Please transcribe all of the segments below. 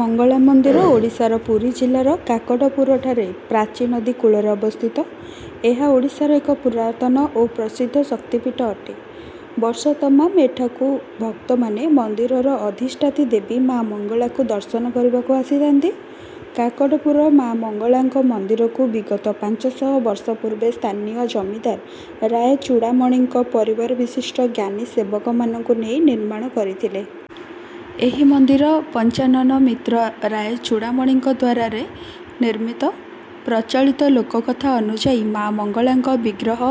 ମଙ୍ଗଳା ମନ୍ଦିର ଓଡ଼ିଶାର ପୁରୀ ଜିଲ୍ଲାର କାକଟପୁରଠାରେ ପ୍ରାଚୀ ନଦୀ କୂଳରେ ଅବସ୍ଥିତ। ଏହା ଓଡ଼ିଶାର ଏକ ପୁରାତନ ଓ ପ୍ରସିଦ୍ଧ ଶକ୍ତିପୀଠ ଅଟେ। ବର୍ଷ ତମାମ ଏଠାକୁ ଭକ୍ତମାନେ ମନ୍ଦିରର ଅଧିଷ୍ଠାତ୍ରୀ ଦେବୀ ମା ମଙ୍ଗଳାଙ୍କୁ ଦର୍ଶନ କରିବାକୁ ଆସିଥାନ୍ତି। କାକଟପୁର ମାମଙ୍ଗଳାଙ୍କ ମନ୍ଦିରକୁ ବିଗତ ପାଞ୍ଚଶହ ବର୍ଷ ପୂର୍ବେ ସ୍ଥାନୀୟ ଜମିଦାର ରାୟଚୁଡାମଣିଙ୍କ ପରିବାର ବିଶିଷ୍ଠ ଜ୍ଞାନୀ ସେବକ ମାନଙ୍କୁ ନେଇ ନିର୍ମାଣ କରିଥିଲେ। ଏହି ମନ୍ଦିର ପଞ୍ଚାନନ ମିତ୍ର ରାୟଚୁଡାମଣିଙ୍କଦ୍ୱାରା ରେ ନିର୍ମିତ। ପ୍ରଚଳିତ ଲୋକକଥା ଅନୁଯାୟୀ ମା ମଙ୍ଗଳାଙ୍କ ବିଗ୍ରହ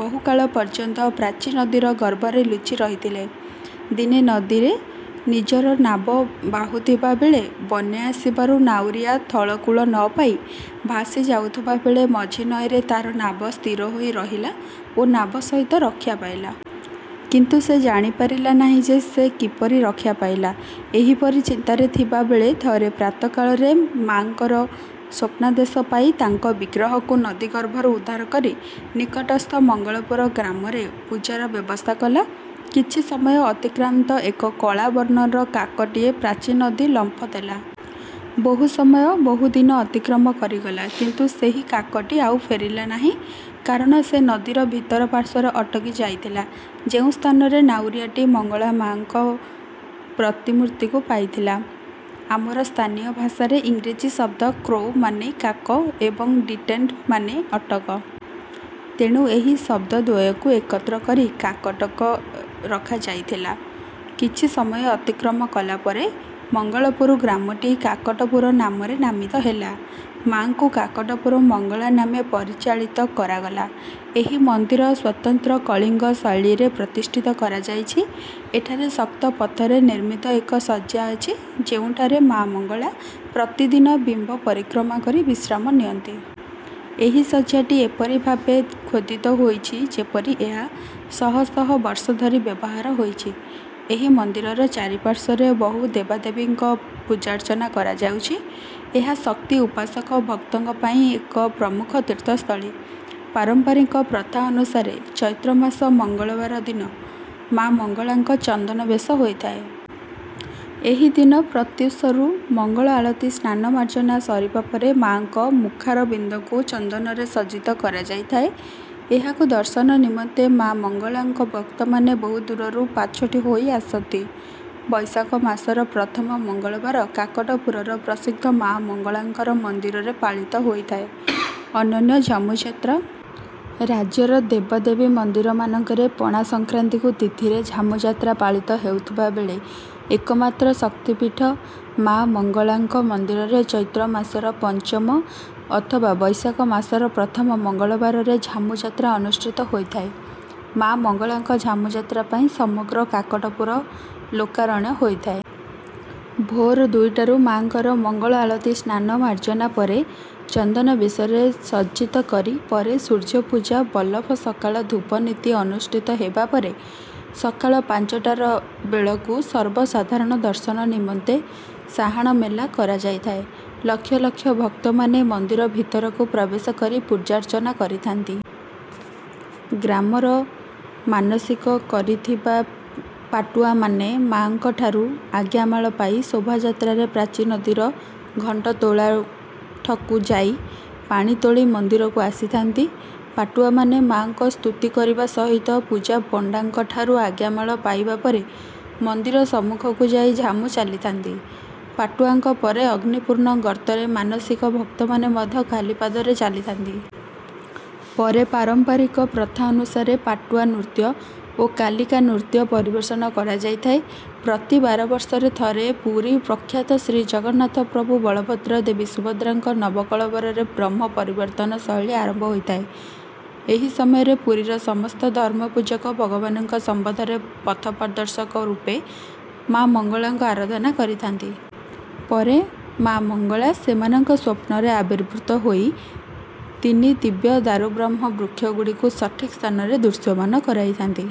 ବହୁକାଳ ପର୍ଯ୍ୟନ୍ତ ପ୍ରାଚୀ ନଦୀର ଗର୍ଭରେ ଲୁଚିରହିଥିଲେ। ଦିନେ ନଦୀରେ ନିଜର ନାବ ବାହୁଥିବା ବେଳେ ବନ୍ୟା ଆସିବାରୁ ନାଉରିଆ ଥଳକୂଳ ନପାଇ ଭାସି ଯାଉଥିବା ବେଳେ ମଝି ନଈରେ ତାର ନାବ ସ୍ଥିରହୋଇ ରହିଲା ଓ ନାବ ସହିତ ରକ୍ଷା ପାଇଲା। କିନ୍ତୁ ସେ ଜାଣିପାରିଲା ନାହିଁ ଯେ ସେ କିପରି ରକ୍ଷା ପାଇଲା ଏହିପରି ଚିନ୍ତାରେ ଥିବାବେଳେ ଥରେ ପ୍ରାତଃକାଳରେ ମାଙ୍କର ସ୍ୱପ୍ନାଦେଶ ପାଇ ତାଙ୍କ ବିଗ୍ରହକୁ ନଦୀ ଗର୍ଭରୁ ଉଦ୍ଧାର କରି ନିକଟସ୍ଥ ମଙ୍ଗଳପୁର ଗ୍ରାମରେ ପୂଜାର ବ୍ୟବସ୍ଥା କଲା। କିଛି ସମୟ ଅତିକ୍ରାନ୍ତେ ଏକ କଳା ବର୍ଣ୍ଣର କାକଟିଏ ପ୍ରାଚୀ ନଦୀ ଲମ୍ଫ ଦେଲା। ବହୁ ସମୟ ବହୁଦିନ ଅତିକ୍ରମ କରିଗଲା କିନ୍ତୁ ସେହି କାକଟି ଆଉ ଫେରିଲା ନାଇଁ କାରଣ ସେ ନଦୀର ଭିତର ପାର୍ଶ୍ୱରେ ଅଟକି ଯାଇଥିଲା। ଯେଉଁ ସ୍ଥାନରେ ନାଉରିଆଟି ମାମଙ୍ଗଳାଙ୍କ ପ୍ରତିମୂର୍ତ୍ତିକୁ ପାଇଥିଲା। ଆମର ସ୍ଥାନୀୟ ଭାଷାରେ ଇଂରାଜୀ ଶବ୍ଦ କ୍ରୋ ମାନେ କାକ ଏବଂ ଡିଟେଣ୍ଡ ମାନେ ଅଟକ। ତେଣୁ ଏହି ଶବ୍ଦ ଦ୍ୱୟକୁ ଏକତ୍ର କରି କାକଟକ ରଖାଯାଇଥିଲା। କିଛି ସମୟ ଅତିକ୍ରମ କଲା ପରେ ମଙ୍ଗଳପୁର ଗ୍ରାମଟି କାକଟପୁର ନାମରେ ନାମିତ ହେଲା। ମାଙ୍କୁ କାକଟପୁର ମଙ୍ଗଳା ନାମେ ପରିଚାଳିତ କରାଗଲା। ଏହି ମନ୍ଦିର ସ୍ୱତନ୍ତ୍ର କଳିଙ୍ଗ ଶୈଳୀରେ ପ୍ରତିଷ୍ଠିତ କରାଯାଇଛି। ଏଠାରେ ଶକ୍ତ ପଥରରେ ନିର୍ମିତ ଏକ ଶଯ୍ୟା ଅଛି ଯେଉଁଠାରେ ମାମଙ୍ଗଳା ପ୍ରତିଦିନ ବିମ୍ବ ପରିକ୍ରମା କରି ବିଶ୍ରାମ ନିଅନ୍ତି। ଏହି ଶଯ୍ୟାଟି ଏପରି ଭାବେ ଖୋଦିତ ହୋଇଛି ଯେପରି ଏହା ଶହ ଶହ ବର୍ଷ ଧରି ବ୍ୟବହାର ହୋଇଛି। ଏହି ମନ୍ଦିରର ଚାରି ପାର୍ଶ୍ୱରେ ବହୁ ଦେବାଦେବୀଙ୍କ ପୂଜାର୍ଚ୍ଚନା କରାଯାଉଛି। ଏହା ଶକ୍ତି ଉପାସକ ଭକ୍ତଙ୍କ ପାଇଁ ଏକ ପ୍ରମୁଖ ତୀର୍ଥସ୍ଥଳୀ। ପାରମ୍ପରିକ ପ୍ରଥା ଅନୁସାରେ ଚୈତ୍ର ମାସ ମଙ୍ଗଳବାର ଦିନ ମା ମଙ୍ଗଳାଙ୍କ ଚନ୍ଦନ ବେଶ ହୋଇଥାଏ। ଏହିଦିନ ପ୍ରତ୍ୟୁଷରୁ ମଙ୍ଗଳ ଆଳତି ସ୍ନାନ ମାର୍ଜନା ସରିବା ପରେ ମାଙ୍କ ମୁଖାରବିନ୍ଦକୁ ଚନ୍ଦନରେ ସଜ୍ଜିତ କରାଯାଇଥାଏ। ଏହାକୁ ଦର୍ଶନ ନିମନ୍ତେ ମାମଙ୍ଗଳାଙ୍କ ଭକ୍ତମାନେ ବହୁ ଦୂରରୁ ପାଛୋଟି ହୋଇ ଆସନ୍ତି। ବୈଶାଖ ମାସର ପ୍ରଥମ ମଙ୍ଗଳବାର କାକଟପୁରର ପ୍ରସିଦ୍ଧ ମା ମଙ୍ଗଳାଙ୍କର ମନ୍ଦିରରେ ପାଳିତ ହୋଇଥାଏ ଅନନ୍ୟ ଝାମୁଯାତ୍ରା। ରାଜ୍ୟର ଦେବଦେବୀ ମନ୍ଦିରମାନଙ୍କରେ ପଣା ସଂକ୍ରାନ୍ତି ତିଥିରେ ଝାମୁଯାତ୍ରା ପାଳିତ ହେଉଥିବା ବେଳେ ଏକମାତ୍ର ଶକ୍ତିପୀଠ ମା ମଙ୍ଗଳାଙ୍କ ମନ୍ଦିରରେ ଚୈତ୍ର ମାସର ପଞ୍ଚମ ଅଥବା ବୈଶାଖ ମାସର ପ୍ରଥମ ମଙ୍ଗଳବାରରେ ଝାମୁଯାତ୍ରା ଅନୁଷ୍ଠିତ ହୋଇଥାଏ। ମା ମଙ୍ଗଳାଙ୍କ ଝାମୁଯାତ୍ରା ପାଇଁ ସମଗ୍ର କାକଟପୁର ଲୋକାରଣ୍ୟ ହୋଇଥଏ। ଭୋର ଦୁଇଟାରୁ ମା'ଙ୍କର ମଙ୍ଗଳ ଆଳତି ସ୍ନାନ ମାର୍ଜନା ପରେ ଚନ୍ଦନବେଶରେ ସଜ୍ଜିତକରି ପରେ ସୂର୍ଯ୍ୟପୂଜା ବଲ୍ଲଭ ସକାଳ ଧୂପନୀତି ଅନୁଷ୍ଠିତ ହେବାପରେ ସକାଳ ପାଞ୍ଚଟା ବେଳକୁ ସର୍ବସାଧାରଣ ଦର୍ଶନ ନିମନ୍ତେ ସାହାଣମେଲା କରାଯାଇଥାଏ। ଲକ୍ଷ ଲକ୍ଷ ଭକ୍ତମାନେ ମନ୍ଦିର ଭିତରକୁ ପ୍ରବେଶକରି ପୂଜାର୍ଚ୍ଚନା କରିଥାନ୍ତି। ଗ୍ରାମର ମାନସିକ କରିଥିବା ପାଟୁଆମାନେ ମାଙ୍କ ଠାରୁ ଆଜ୍ଞାମାଳ ପାଇ ଶୋଭାଯାତ୍ରାରେ ପ୍ରାଚୀ ନଦୀର ଘଣ୍ଟତୋଳାତୁଠକୁ ଯାଇ ପାଣି ତୋଳି ମନ୍ଦିରକୁ ଆସିଥାନ୍ତି। ପାଟୁଆମାନେ ମାଙ୍କ ସ୍ତୁତି କରିବା ସହିତ ପୂଜାପଣ୍ଡାଙ୍କଠାରୁ ଆଜ୍ଞାମାଳ ପାଇବାପରେ ମନ୍ଦିର ସମ୍ମୁଖକୁ ଯାଇ ଝାମୁ ଚାଲିଥାନ୍ତି। ପାଟୁଆଙ୍କ ପରେ ଅଗ୍ନିପୁର୍ଣ୍ଣ ଗର୍ତ୍ତରେ ମାନସିକ ଭକ୍ତମାନେ ମଧ୍ୟ ଖାଲିପାଦରେ ଚାଲିଥାନ୍ତି। ପରେ ପାରମ୍ପରିକ ପ୍ରଥା ଅନୁସାରେ ପାଟୁଆ ନୃତ୍ୟ ଓ କାଲିକା ନୃତ୍ୟ ପରିବେଷଣ କରାଯାଇଥାଏ। ପ୍ରତି ବାରବର୍ଷରେ ଥରେ ପୁରୀ ପ୍ରଖ୍ୟାତ ଶ୍ରୀଜଗନ୍ନାଥ ପ୍ରଭୁ ବଳଭଦ୍ର ଦେବୀ ସୁଭଦ୍ରାଙ୍କର ନବକଳେବରରେ ବ୍ରହ୍ମ ପରିବର୍ତ୍ତନ ଶୈଳୀ ଆରମ୍ଭ ହୋଇଥାଏ। ଏହି ସମୟରେ ପୁରୀର ସମସ୍ତ ଧର୍ମ ପୂଜକ ଭଗବାନଙ୍କ ସମ୍ବନ୍ଧରେ ପଥପ୍ରଦର୍ଶକ ରୂପେ ମା'ମଙ୍ଗଳାଙ୍କ ଆରାଧନା କରିଥାନ୍ତି। ପରେ ମା'ମଙ୍ଗଳ ସେମାନଙ୍କ ସ୍ୱପ୍ନରେ ଆବିର୍ଭୁତ ହୋଇ ତିନି ଦିବ୍ୟ ଦାରୁବ୍ରହ୍ମ ବୃକ୍ଷ ଗୁଡ଼ିକୁ ସଠିକ ସ୍ଥାନରେ ଦୃଶ୍ୟମାନ କରାଇଥାନ୍ତି।